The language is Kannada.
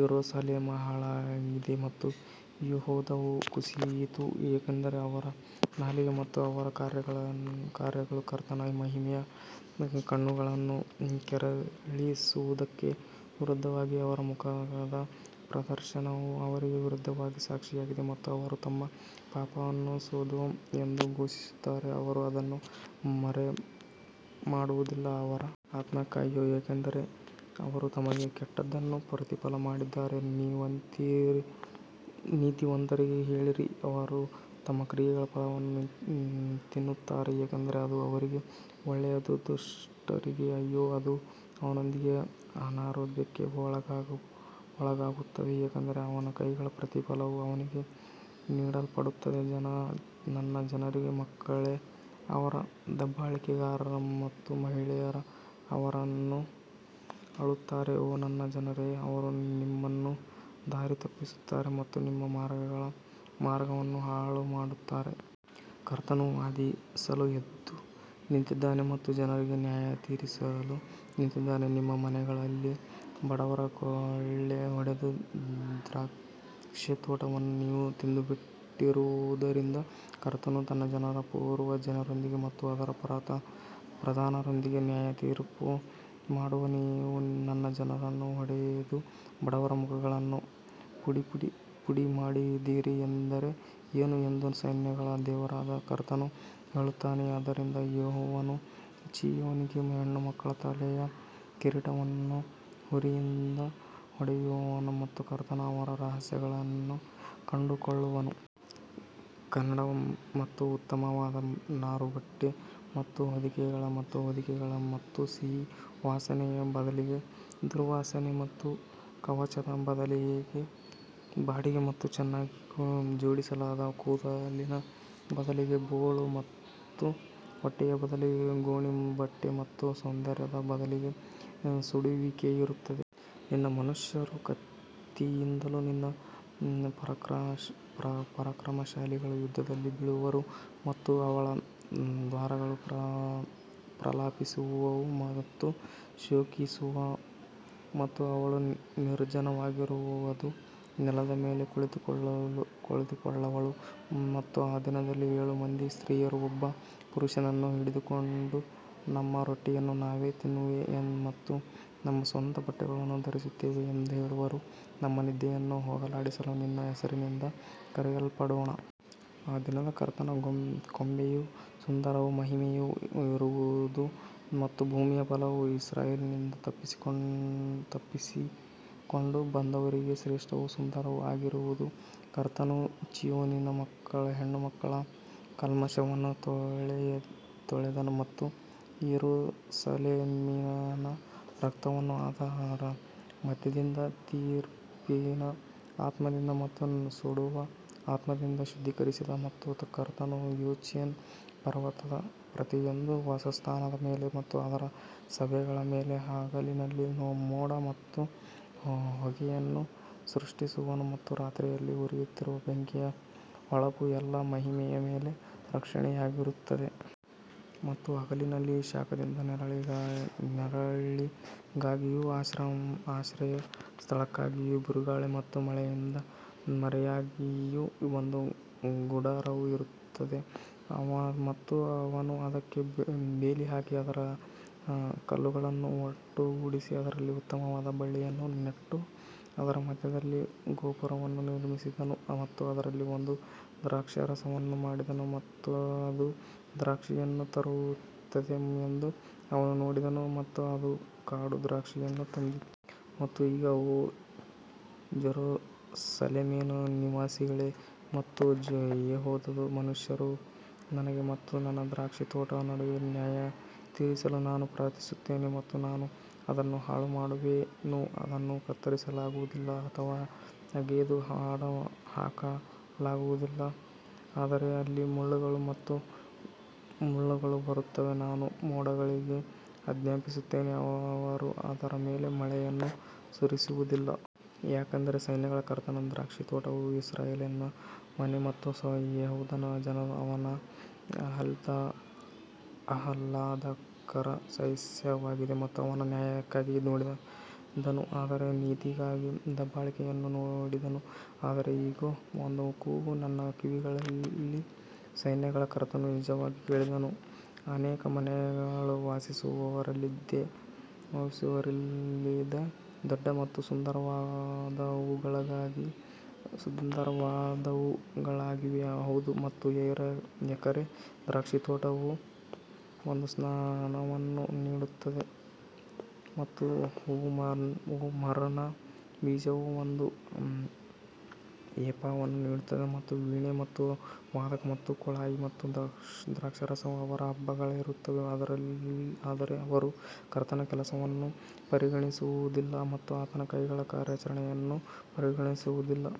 ಯೆರೂಸಲೇಮ್ ಹಾಳಾಗಿದೆ ಮತ್ತು ಯೆಹೂದವು ಕುಸಿಯಿತು ಏಕೆಂದರೆ ಅವರ ನಾಲಿಗೆ ಮತ್ತು ಅವರ ಕಾರ್ಯಗಳು ಕರ್ತನ ಮಹಿಮೆಯ ಕಣ್ಣುಗಳನ್ನು ಕೆರಳಿಸುವದಕ್ಕೆ ವಿರುದ್ಧವಾಗಿವೆ. ಅವರ ಮುಖದ ಪ್ರದರ್ಶನವು ಅವರಿಗೆ ವಿರುದ್ಧವಾಗಿ ಸಾಕ್ಷಿಯಾಗಿದೆ ಮತ್ತು ಅವರು ತಮ್ಮ ಪಾಪವನ್ನು ಸೊದೋಮ್ ಎಂದು ಘೋಷಿಸುತ್ತಾರೆ ಅವರು ಅದನ್ನು ಮರೆಮಾಡುವುದಿಲ್ಲ ಅವರ ಆತ್ಮಕ್ಕೆ ಅಯ್ಯೋ ಏಕೆಂದರೆ ಅವರು ತಮಗೇ ಕೆಟ್ಟದ್ದನ್ನು ಪ್ರತಿಫಲ ಮಾಡಿದ್ದಾರೆ ನೀತಿವಂತರಿಗೆ ಹೇಳಿರಿ, ಅವರು ತಮ್ಮ ಕ್ರಿಯೆಗಳ ಫಲವನ್ನು ತಿನ್ನುತ್ತಾರೆ ಏಕೆಂದರೆ ಅದು ಅವರಿಗೆ ಒಳ್ಳೆಯದು ದುಷ್ಟರಿಗೆ ಅಯ್ಯೋ ಅದು ಅವನೊಂದಿಗೆ ಅನಾರೋಗ್ಯಕ್ಕೆ ಒಳಗಾಗುತ್ತದೆ ಏಕೆಂದರೆ ಅವನ ಕೈಗಳ ಪ್ರತಿಫಲವು ಅವನಿಗೆ ನೀಡಲ್ಪಡುತ್ತದೆ ನನ್ನ ಜನರಿಗೆ ಮಕ್ಕಳೇ ಅವರ ದಬ್ಬಾಳಿಕೆಗಾರರು ಮತ್ತು ಮಹಿಳೆಯರು ಅವರನ್ನು ಆಳುತ್ತಾರೆ ಓ ನನ್ನ ಜನರೇ ಅವರು ನಿಮ್ಮನ್ನು ದಾರಿ ತಪ್ಪಿಸುತ್ತಾರೆ ಮತ್ತು ನಿಮ್ಮ ಮಾರ್ಗಗಳ ಮಾರ್ಗವನ್ನು ಹಾಳುಮಾಡುತ್ತಾರೆ. ಕರ್ತನು ವಾದಿಸಲು ಎದ್ದು ನಿಂತಿದ್ದಾನೆ ಮತ್ತು ಜನರಿಗೆ ನ್ಯಾಯತೀರಿಸಲು ನಿಂತಿದ್ದಾನೆ ನಿಮ್ಮ ಮನೆಗಳಲ್ಲಿ ಬಡವರ ಕೊಳ್ಳೆಹೊಡೆದ ದ್ರಾಕ್ಷೇತೋಟವನ್ನು ನೀವು ತಿಂದುಬಿಟ್ಟಿರುವದರಿಂದ ಕರ್ತನು ತನ್ನ ಜನರ ಪೂರ್ವಜರೊಂದಿಗೆ ಮತ್ತು ಅದರ ಪ್ರಧಾನರೊಂದಿಗೆ ನ್ಯಾಯತೀರ್ಪು ಮಾಡುವನು. ನೀವು ನನ್ನ ಜನರನ್ನು ಹೊಡೆದು ಬಡವರ ಮುಖಗಳನ್ನು ಪುಡಿಮಾಡಿದಿರಿ ಎಂದರೆ ಏನು ಎಂದು ಸೈನ್ಯಗಳ ದೇವರಾದ ಕರ್ತನು ಹೇಳುತ್ತಾನೆ ಆದದರಿಂದ ಯೆಹೋವನು ಚೀಯೋನಿನ ಹೆಣ್ಣುಮಕ್ಕಳ ತಲೆಯ ಕಿರೀಟವನ್ನು ಹುರಿಯಿಂದ ಹೊಡೆಯುವನು ಮತ್ತು ಕರ್ತನು ಅವರ ರಹಸ್ಯಗಳನ್ನು ಕಂಡುಕೊಳ್ಳುವನು. ಕನ್ನಡಕ ಮತ್ತು ಉತ್ತಮವಾದ ನಾರುಬಟ್ಟೆ ಮತ್ತು ಹೊದಿಕೆಗಳು ಮತ್ತು ಹೊದಿಕೆಗಳು ಮತ್ತು ಸಿಹಿ ವಾಸನೆಯ ಬದಲಿಗೆ ದುರ್ವಾಸನೆ ಮತ್ತು ಕವಚದ ಬದಲಿಗೆ ಬಾಡಿಗೆ ಮತ್ತು ಚೆನ್ನಾಗಿ ಜೋಡಿಸಲಾದ ಕೂದಲಿನ ಬದಲಿಗೆ ಬೋಳು ಮತ್ತು ಹೊಟ್ಟೆಯ ಬದಲಿಗೆ ಗೋಣಿ ಬಟ್ಟೆ ಮತ್ತು ಸೌಂದರ್ಯದ ಬದಲಿಗೆ ಸುಡುವಿಕೆ ಇರುತ್ತದೆ. ನಿನ್ನ ಮನುಷ್ಯರು ಕತ್ತಿಯಿಂದಲೂ ನಿನ್ನ ಪರಾಕ್ರಮಶಾಲಿಗಳೂ ಯುದ್ಧದಲ್ಲಿ ಬೀಳುವರು ಮತ್ತು ಅವಳ ದ್ವಾರಗಳು ಪ್ರಲಾಪಿಸುವವು ಮತ್ತು ಶೋಕಿಸುವವು ಮತ್ತು ಅವಳು ನಿರ್ಜನವಾಗಿರುವದು ನೆಲದ ಮೇಲೆ ಕುಳಿತುಕೊಳ್ಳುವಳು ಮತ್ತು ಆ ದಿನದಲ್ಲಿ ಏಳು ಮಂದಿ ಸ್ತ್ರೀಯರು ಒಬ್ಬ ಪುರುಷನನ್ನು ಹಿಡಿದುಕೊಂಡು ನಮ್ಮ ರೊಟ್ಟಿಯನ್ನು ನಾವೇ ತಿನ್ನುತ್ತೇವೆ ಮತ್ತು ನಮ್ಮ ಸ್ವಂತ ಬಟ್ಟೆಗಳನ್ನು ಧರಿಸುತ್ತೇವೆ ಎಂದು ಹೇಳುವರು, ನಮ್ಮ ನಿಂದೆಯನ್ನು ಹೋಗಲಾಡಿಸಲು ನಿನ್ನ ಹೆಸರಿನಿಂದ ಕರೆಯಲ್ಪಡೋಣ. ಆ ದಿನದಲ್ಲಿ ಕರ್ತನ ಕೊಂಬೆಯು ಸುಂದರವೂ ಮಹಿಮೆಯೂ ಇರುವದು ಮತ್ತು ಭೂಮಿಯ ಫಲವು ಇಸ್ರಾಯೇಲಿನಿಂದ ತಪ್ಪಿಸಿಕೊಂಡು ಬಂದವರಿಗೆ ಶ್ರೇಷ್ಠವೂ ಸುಂದರವೂ ಆಗಿರುವುದು. ಕರ್ತನು ಚೀಯೋನಿನ ಹೆಣ್ಣುಮಕ್ಕಳ ಕಲ್ಮಶವನ್ನು ತೊಳೆದನು ಮತ್ತು ಯೆರೂಸಲೇಮಿನ ರಕ್ತವನ್ನು ಅದರ ಮಧ್ಯದಿಂದ ತೀರ್ಪಿನ ಆತ್ಮದಿಂದ ಮತ್ತು ಸುಡುವ ಆತ್ಮದಿಂದ ಶುದ್ಧೀಕರಿಸಿದನು. ಮತ್ತು ಕರ್ತನು ಚೀಯೋನ್ ಪರ್ವತದ ಪ್ರತಿಯೊಂದು ವಾಸಸ್ಥಾನದ ಮೇಲೆ ಮತ್ತು ಅದರ ಸಭೆಗಳ ಮೇಲೆ ಹಗಲಿನಲ್ಲಿ ಮೋಡ ಮತ್ತು ಹೊಗೆಯನ್ನು ಸೃಷ್ಟಿಸುವನು ಮತ್ತು ರಾತ್ರಿಯಲ್ಲಿ ಉರಿಯುತ್ತಿರುವ ಬೆಂಕಿಯ ಹೊಳಪು ಎಲ್ಲಾ ಮಹಿಮೆಯ ಮೇಲೆ ರಕ್ಷಣೆಯಾಗಿರುತ್ತದೆ. ಮತ್ತು ಹಗಲಿನಲ್ಲಿ ಶಾಖದಿಂದ ನೆರಳಿಗಾಗಿಯೂ ಆಶ್ರಯ ಸ್ಥಳಕ್ಕಾಗಿಯೂ ಬಿರುಗಾಳಿ ಮತ್ತು ಮಳೆಯಿಂದ ಮರೆಯಾಗಿಯೂ ಒಂದು ಗುಡಾರವು ಇರುತ್ತದೆ. ಮತ್ತು ಅವನು ಅದಕ್ಕೆ ಬೇಲಿ ಹಾಕಿ ಅದರ ಕಲ್ಲುಗಳನ್ನು ಒಟ್ಟುಗೂಡಿಸಿ ಅದರಲ್ಲಿ ಉತ್ತಮವಾದ ಬಳ್ಳಿಯನ್ನು ನೆಟ್ಟು ಅದರ ಮಧ್ಯದಲ್ಲಿ ಗೋಪುರವನ್ನು ನಿರ್ಮಿಸಿದನು ಮತ್ತು ಅದರಲ್ಲಿ ಒಂದು ದ್ರಾಕ್ಷಾರಸವನ್ನು ಮಾಡಿದನು ಮತ್ತು ಅದು ದ್ರಾಕ್ಷಿಯನ್ನು ತರುತ್ತದೆ ಎಂದು ಅವನು ನೋಡಿದನು ಮತ್ತು ಅದು ಕಾಡು ದ್ರಾಕ್ಷಿಯನ್ನು ತಂದಿತು. ಮತ್ತು ಈಗ ಓ ಜೆರುಸಲೇಮಿನ ನಿವಾಸಿಗಳೇ ಮತ್ತು ಯೆಹೂದದ ಮನುಷ್ಯರು ನನಗೆ ಮತ್ತು ನನ್ನ ದ್ರಾಕ್ಷಿತೋಟದ ನಡುವೆ ನ್ಯಾಯತೀರಿಸಲು ನಾನು ಪ್ರಾರ್ಥಿಸುತ್ತೇನೆ ಮತ್ತು ನಾನು ಅದನ್ನು ಹಾಳುಮಾಡುವೆನು ಅದನ್ನು ಕತ್ತರಿಸಲಾಗುವುದಿಲ್ಲ ಅಥವಾ ಅಗೆದು ಹಾಕಲಾಗುವುದಿಲ್ಲ ಆದರೆ ಅಲ್ಲಿ ಮುಳ್ಳುಗಳು ಮತ್ತು ಮುಳ್ಳುಗಳು ಬರುತ್ತವೆ, ನಾನು ಮೋಡಗಳಿಗೆ ಆಜ್ಞಾಪಿಸುತ್ತೇನೆ ಅವರು ಅದರ ಮೇಲೆ ಮಳೆಯನ್ನು ಸುರಿಸುವುದಿಲ್ಲ. ಯಾಕಂದರೆ ಸೈನ್ಯಗಳ ಕರ್ತನ ದ್ರಾಕ್ಷಿತೋಟವು ಇಸ್ರಾಯೇಲ್ಯರ ಮನೆ ಮತ್ತು ಯೆಹೂದದ ಜನರು ಅವನ ಆಹ್ಲಾದಕರ ಸಸ್ಯವಾಗಿದೆ ಮತ್ತು ಅವನು ನ್ಯಾಯಕ್ಕಾಗಿ ನೋಡಿದನು ಆದರೆ ನೀತಿಗಾಗಿ ದಬ್ಬಾಳಿಕೆಯನ್ನು ನೋಡಿದನು ಆದರೆ ಇಗೋ ಒಂದು ಕೂಗು ನನ್ನ ಕಿವಿಗಳಲ್ಲಿ ಸೈನ್ಯಗಳ ಕರ್ತನು ನಿಜವಾಗಿ ಹೇಳಿದನು, ಅನೇಕ ಮನೆಗಳು ವಾಸಿಸುವವರಿಲ್ಲದೆ ದೊಡ್ಡ ಮತ್ತು ಸುಂದರವಾದವುಗಳಾಗಿವೆ ಹೌದು ಹತ್ತು ಎಕರೆ ದ್ರಾಕ್ಷಿತೋಟವು ಒಂದು ಸ್ನಾನವನ್ನು ನೀಡುತ್ತದೆ ಮತ್ತು ಹೋಮರ್ನ ಬೀಜವು ಒಂದು ಎಫಾವನ್ನು ನೀಡುತ್ತದೆ ಮತ್ತು ವೀಣೆ ಮತ್ತು ವಾದಕವು ಮತ್ತು ಕೊಳಾಯಿ ಮತ್ತು ದ್ರಾಕ್ಷಾರಸವು ಅವರ ಹಬ್ಬಗಳಲ್ಲಿರುತ್ತವೆ ಆದರೆ ಅವರು ಕರ್ತನ ಕೆಲಸವನ್ನು ಪರಿಗಣಿಸುವುದಿಲ್ಲ ಮತ್ತು ಆತನ ಕೈಗಳ ಕಾರ್ಯಾಚರಣೆಯನ್ನು ಪರಿಗಣಿಸುವುದಿಲ್ಲ.